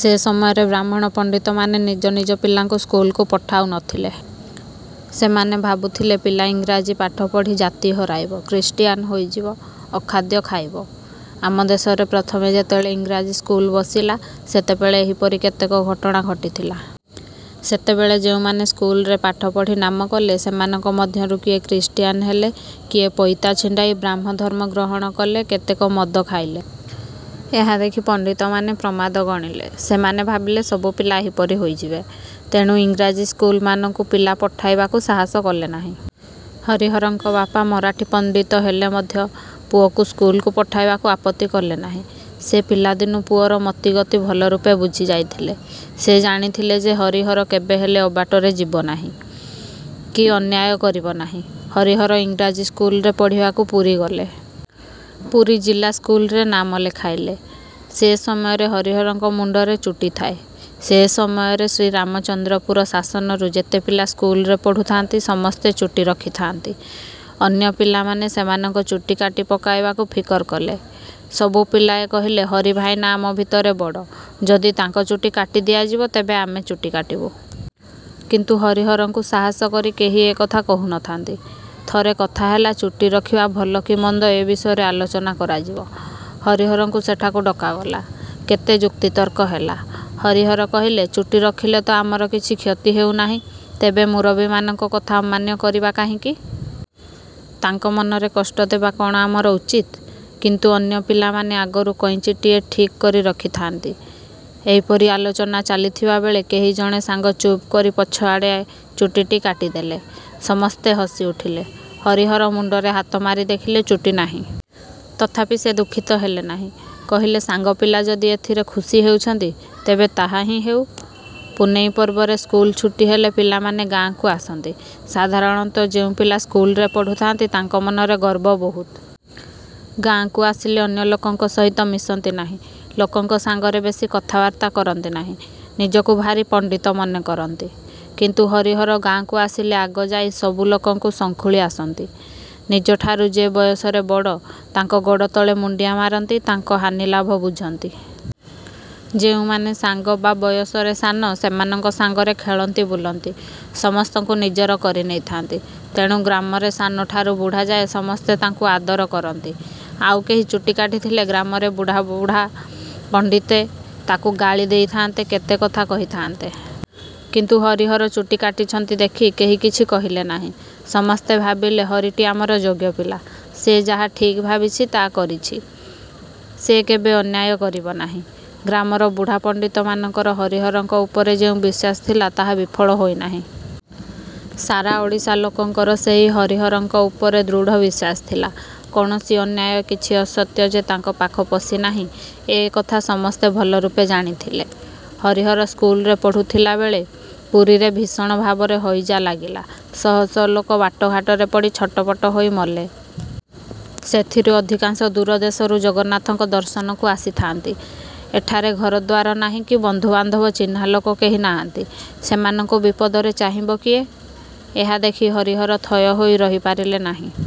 ସେ ସମୟରେ ବ୍ରାହ୍ମଣ ପଣ୍ଡିତମାନେ ନିଜ ନିଜ ପିଲାଙ୍କୁ ସ୍କୁଲକୁ ପଠାଉ ନ ଥିଲେ। ସେମାନେ ଭାବୁଥିଲେ ପିଲା ଇଂରାଜୀ ପାଠ ପଢ଼ି ଜାତି ହରାଇବ ଖ୍ରୀଷ୍ଟିୟାନ ହୋଇଯିବ ଅଖାଦ୍ୟ ଖାଇବ। ଆମ ଦେଶରେ ପ୍ରଥମେ ଯେତେବେଳେ ଇଂରାଜୀ ସ୍କୁଲ ବସିଲା ସେତେବେଳେ ଏହିପରି କେତେକ ଘଟଣା ଘଟିଥିଲା। ସେତେବେଳେ ଯେଉଁମାନେ ସ୍କୁଲରେ ପାଠ ପଢ଼ି ନାମ କଲେ ସେମାନଙ୍କ ମଧ୍ୟରୁ କିଏ ଖ୍ରୀଷ୍ଟିୟାନ ହେଲେ କିଏ ପଇତା ଛିଣ୍ଡାଇ ବ୍ରାହ୍ମଧର୍ମ ଗ୍ରହଣ କଲେ କେତେକ ମଦ ଖାଇଲେ। ଏହା ଦେଖି ପଣ୍ଡିତମାନେ ପ୍ରମାଦ ଗଣିଲେ। ସେମାନେ ଭାବିଲେ ସବୁ ପିଲା ଏହିପରି ହୋଇଯିବେ। ତେଣୁ ଇଂରାଜୀ ସ୍କୁଲମାନଙ୍କୁ ପିଲା ପଠାଇବାକୁ ସାହସ କଲେ ନାହିଁ। ହରିହରଙ୍କ ବାପା ମରାଠୀ ପଣ୍ଡିତ ହେଲେ ମଧ୍ୟ ପୁଅକୁ ସ୍କୁଲକୁ ପଠାଇବାକୁ ଆପତ୍ତି କଲେ ନାହିଁ। ସେ ପିଲାଦିନୁ ପୁଅର ମତିଗତି ଭଲରୂପେ ବୁଝିଯାଇଥିଲେ। ସେ ଜାଣିଥିଲେ ଯେ ହରିହର କେବେହେଲେ ଅବାଟରେ ଯିବ ନାହିଁ କି ଅନ୍ୟାୟ କରିବ ନାହିଁ। ହରିହର ଇଂରାଜୀ ସ୍କୁଲରେ ପଢ଼ିବାକୁ ପୁରୀ ଗଲେ। ପୁରୀ ଜିଲ୍ଲା ସ୍କୁଲରେ ନାମ ଲେଖାଇଲେ। ସେ ସମୟରେ ହରିହରଙ୍କ ମୁଣ୍ଡରେ ଚୁଟି ଥାଏ। ସେ ସମୟରେ ଶ୍ରୀରାମଚନ୍ଦ୍ରପୁର ଶାସନରୁ ଯେତେ ପିଲା ସ୍କୁଲରେ ପଢ଼ୁଥାନ୍ତି ସମସ୍ତେ ଚୁଟି ରଖିଥାଆନ୍ତି। ଅନ୍ୟ ପିଲାମାନେ ଏମାନଙ୍କ ଚୁଟି କାଟି ପକାଇବାକୁ ଫିକର କଲେ। ସବୁ ପିଲାଏ କହିଲେ ହରି ଭାଇନା ଆମ ଭିତରେ ବଡ଼ ଯଦି ତାଙ୍କ ଚୁଟି କାଟି ଦିଆଯିବ ତେବେ ଆମେ ଚୁଟି କାଟିବୁ। କିନ୍ତୁ ହରିହରଙ୍କୁ ସାହସ କରି କେହି ଏ କଥା କହୁ ନ ଥାନ୍ତି। ଥରେ କଥା ହେଲା ଚୁଟି ରଖିବା ଭଲ କି ମନ୍ଦ ଏ ବିଷୟରେ ଆଲୋଚନା କରାଯିବ। ହରିହରଙ୍କୁ ସେଠାକୁ ଡକାଗଲା। କେତେ ଯୁକ୍ତିତର୍କ ହେଲା। ହରିହର କହିଲେ ଚୁଟି ରଖିଲେ ତ ଆମର କିଛି କ୍ଷତି ହେଉ ନାହିଁ ତେବେ ମୁରବିମାନଙ୍କ କଥା ଅମାନ୍ୟ କରିବା କାହିଁକି? ତାଙ୍କ ମନରେ କଷ୍ଟ ଦେବା କ’ଣ ଆମର ଉଚିତ୍? କିନ୍ତୁ ଅନ୍ୟ ପିଲାମାନେ ଆଗରୁ କଇଞ୍ଚିଟିଏ ଠିକ୍ କରି ରଖିଥାଆନ୍ତି। ଏହିପରି ଆଲୋଚନା ଚାଲିଥିବାବେଳେ କେହି ଜଣେ ସାଙ୍ଗ ଚୁପ୍ କରି ପଛଆଡ଼େ ଚୁଟିଟି କାଟିଦେଲେ। ସମସ୍ତେ ହସିଉଠିଲେ। ହରିହର ମୁଣ୍ଡରେ ହାତମାରି ଦେଖିଲେ ଚୁଟି ନାହିଁ। ତଥାପି ସେ ଦୁଃଖିତ ହେଲେ ନାହିଁ। କହିଲେ ସାଙ୍ଗ ପିଲା ଯଦି ଏଥିରେ ଖୁସି ହେଉଛନ୍ତି ତେବେ ତାହା ହିଁ ହେଉ। ପୁନେଇ ପର୍ବରେ ସ୍କୁଲ ଛୁଟି ହେଲେ ପିଲାମାନେ ଗାଁକୁ ଆସନ୍ତି। ସାଧାରଣତଃ ଯେଉଁ ପିଲା ସ୍କୁଲରେ ପଢ଼ୁଥାଆନ୍ତି ତାଙ୍କ ମନରେ ଗର୍ବ ବହୁତ। ଗାଁକୁ ଆସିଲେ ଅନ୍ୟ ଲୋକଙ୍କ ସହିତ ମିଶନ୍ତି ନାହିଁ। ଲୋକଙ୍କ ସାଙ୍ଗରେ ବେଶୀ କଥାବାର୍ତ୍ତା କରନ୍ତି ନାହିଁ। ନିଜକୁ ଭାରି ପଣ୍ଡିତ ମନେକରନ୍ତି। କିନ୍ତୁ ହରିହର ଗାଁକୁ ଆସିଲେ ଆଗ ଯାଇ ସବୁ ଲୋକଙ୍କୁ ସଙ୍ଖୁଳି ଆସନ୍ତି। ନିଜଠାରୁ ଯେ ବୟସରେ ବଡ଼ ତାଙ୍କ ଗୋଡ଼ତଳେ ମୁଣ୍ଡିଆ ମାରନ୍ତି ତାଙ୍କ ହାନିଲାଭ ବୁଝନ୍ତି। ଯେଉଁମାନେ ସାଙ୍ଗ ବା ବୟସରେ ସାନ ସେମାନଙ୍କ ସାଙ୍ଗରେ ଖେଳନ୍ତି ବୁଲନ୍ତି। ସମସ୍ତଙ୍କୁ ନିଜର କରିନେଇଥାନ୍ତି। ତେଣୁ ଗ୍ରାମରେ ସାନଠାରୁ ବୁଢ଼ାଯାଏ ସମସ୍ତେ ତାଙ୍କୁ ଆଦର କରନ୍ତି। ଆଉ କେହି ଚୁଟି କାଟିଥିଲେ ଗ୍ରାମର ବୁଢ଼ା ବୁଢ଼ା ପଣ୍ଡିତେ ତାକୁ ଗାଳି ଦେଇଥାନ୍ତେ କେତେ କଥା କହିଥାନ୍ତେ। କିନ୍ତୁ ହରିହର ଚୁଟି କାଟିଛନ୍ତି ଦେଖି କେହି କିଛି କହିଲେ ନାହିଁ। ସମସ୍ତେ ଭାବିଲେ ହରିଟି ଆମର ଯୋଗ୍ୟ ପିଲା। ସେ ଯାହା ଠିକ୍ ଭାବିଛି ତା କରିଛି। ସେ କେବେ ଅନ୍ୟାୟ କରିବ ନାହିଁ। ଗ୍ରାମର ବୁଢ଼ା ପଣ୍ଡିତମାନଙ୍କର ହରିହରଙ୍କ ଉପରେ ଯେଉଁ ବିଶ୍ୱାସ ଥିଲା ତାହା ବିଫଳ ହୋଇନାହିଁ। ସାରା ଓଡ଼ିଶା ଲୋକଙ୍କର ସେହି ହରିହରଙ୍କ ଉପରେ ଦୃଢ଼ ବିଶ୍ୱାସ ଥିଲା। କୌଣସି ଅନ୍ୟାୟ କିଛି ଅସତ୍ୟ ଯେ ତାଙ୍କ ପାଖ ପଶି ନାହିଁ ଏ କଥା ସମସ୍ତେ ଭଲରୂପେ ଜାଣିଥିଲେ। ହରିହର ସ୍କୁଲରେ ପଢ଼ୁଥିଲାବେଳେ ପୁରୀରେ ଭୀଷଣ ଭାବରେ ହଇଜା ଲାଗିଲା। ଶହ ଶହ ଲୋକ ବାଟଘାଟରେ ପଡ଼ି ଛଟପଟ ହୋଇ ମଲେ। ସେଥିରୁ ଅଧିକାଂଶ ଦୂର ଦେଶରୁ ଜଗନ୍ନାଥଙ୍କ ଦର୍ଶନକୁ ଆସିଥାଆନ୍ତି। ଏଠାରେ ଘରଦ୍ୱାର ନାହିଁ କି ବନ୍ଧୁବାନ୍ଧବ ଚିହ୍ନା ଲୋକ କେହି ନାହାନ୍ତି। ସେମାନଙ୍କୁ ବିପଦରେ ଚାହିଁବ କିଏ? ଏହା ଦେଖି ହରିହର ଥୟ ହୋଇ ରହିପାରିଲେ ନାହିଁ।